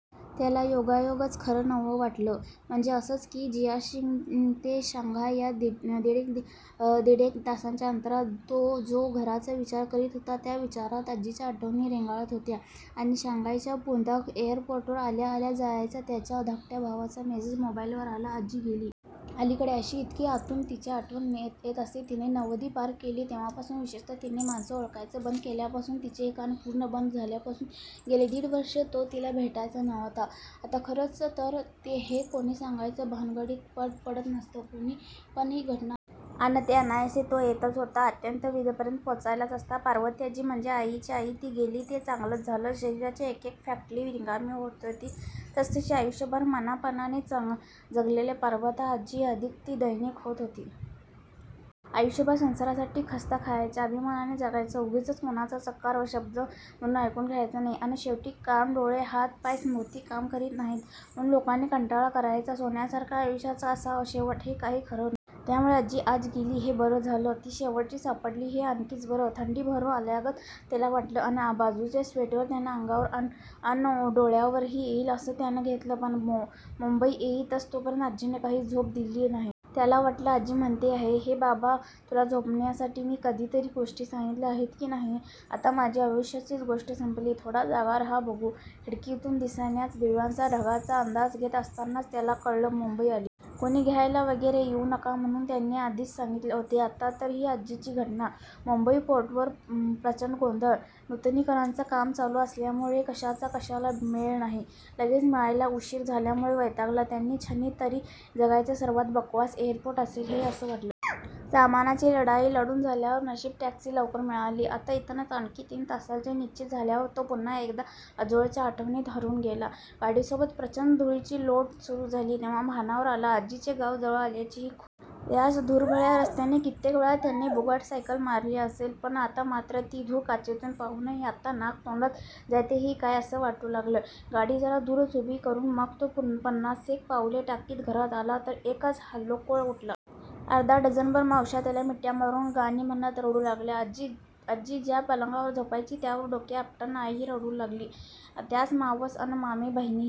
त्याला योगायोगाचं खरंच नवल वाटलं. म्हणजे असं की जियाशिंग ते शांघाय या दीडेक तासांच्या अंतरात तो जो घरचा विचार करीत होता, त्या विचारांत आजीच्या आठवणी रेंगाळत होत्या. आणि शांघायच्या पुदाँग एअरपोर्टवर आल्या-आल्या, जयाचा, त्याच्या धाकट्या भावाचा मेसेज मोबाईलवर आला- आजी गेली. अलिकडे अशी, इतकी आतून तिची आठवण येत नसे. तिने नव्वदी पार केली, तेव्हापासून. विशेषत: तिने माणसं ओळखायचं बंद केल्यापासून. तिचे कान पुर्ण बाद झाल्यापासून. गेले दीड वर्षे तो तिला भेटलाच नव्हता. आता खरं तर हे कुणी सांगायच्या भानगडीतही पडलं नसतं कुणी, पण ही घटना आनंदाची! अन अनायासे तो येतच होता. अंत्यविधीपर्यंत पोचलाच असता. पार्वतीआजी म्हणजे आईची आई. ती गेली ते चांगलंच झालं. शरीराची एकेक फॅकल्टी निकामी होत होती, तसतशी आयूष्यभर मानापानाने जगलेली 'पार्बता' आजी अधिकाधिक दयनीय होत होती. आयूष्यभर संसारासाठी खस्ता खायच्या. आभिमानाने जगायचं. उगीचच कोणाचा चकार शब्द म्हणून ऐकून घ्यायचा नाही. अन शेवटी कान, डोळे, हात, पाय, स्मृती काम करीत नाहीत, म्हणून लोकांनी कंटाळा करायचा. सोन्यासारख्या आयूष्याचा असा शेवट, हे काही खरं नाही. त्यामूळे आजी आज गेली, हे बरं झालं. ती 'शेवटची' सापडली, हे आणखीच बरं. थंडी भरून आल्यागत त्याला वाटलं, अन बाजूचं स्वेटर त्यानं अंगावर अन डोळ्यांवरही येईल असं त्यानं घेतलं. पण मुंबई येईस्तोवर आज्जीने काही झोपू दिलं नाही. त्याला वाटलं- आजी म्हणते आहे, की बाबा, तुला झोपविण्यासाठी मी कधीतरी गोष्टी सांगितल्या आहेत की नाही? आता माझी आयूष्याचीच गोष्ट संपली. थोडा जागा राहा बघू. खिडकीतून दिसणाया दिव्यांचा, ढगांचा अंदाज घेत असतानाच त्याला कळलं, मुंबई आली. कुणी घ्यायला वगैरे येऊ नका, म्हणून त्याने आधीच सांगितले होते. आता तर ही आजीची घटना. मुंबई पोर्टवर प्रचंड गोंधळ. नुतनीकरणाचं काम चालू असल्यामूळे कशाचा कशाला मेळ नाही. लगेज मिळायला उशीर झाल्यामूळे वैतागला. त्या क्षणी तरी जगातलं सर्वात बकवास एयरपोर्ट असेल हे, असं वाटलं. सामानाची लढाई लढून झाल्यावर नशीब टॅक्सी लवकर मिळाली. आता इथनं आणखी तीन तासांची निश्चिती झाल्यावर तो पुन्हा एकदा आजोळच्या आठवणींत हरवून गेला. गाडीसोबत प्रचंड धुळीचे लोट सुरू झाले, तेव्हा भानावर आला. आजीचे गाव जवळ आल्याची ही खुण. याच धुळभरल्या रस्त्याने कित्येक वेळा त्याने बुंगाट सायकल मारली असेल, पण आता मात्र ती धुळ काचेतून पाहूनही आत्ता नाका-तोंडात जातेय की काय, असं वाटू लागलं. गाडी जरा दुरच उभी करून मग तो पन्नासेक पावले टाकीत घरात आला, तर एकच हलकल्लोळ उठला. अर्धा डझनभर मावश्या त्याला मिठ्या मारून, गाणी म्हणत रडू लागल्या. आजी ज्या पलंगावर झोपायची, त्यावर डोके आपटत आईही रडू लागली. त्याच्या मावस अन मामे बहिणी ही--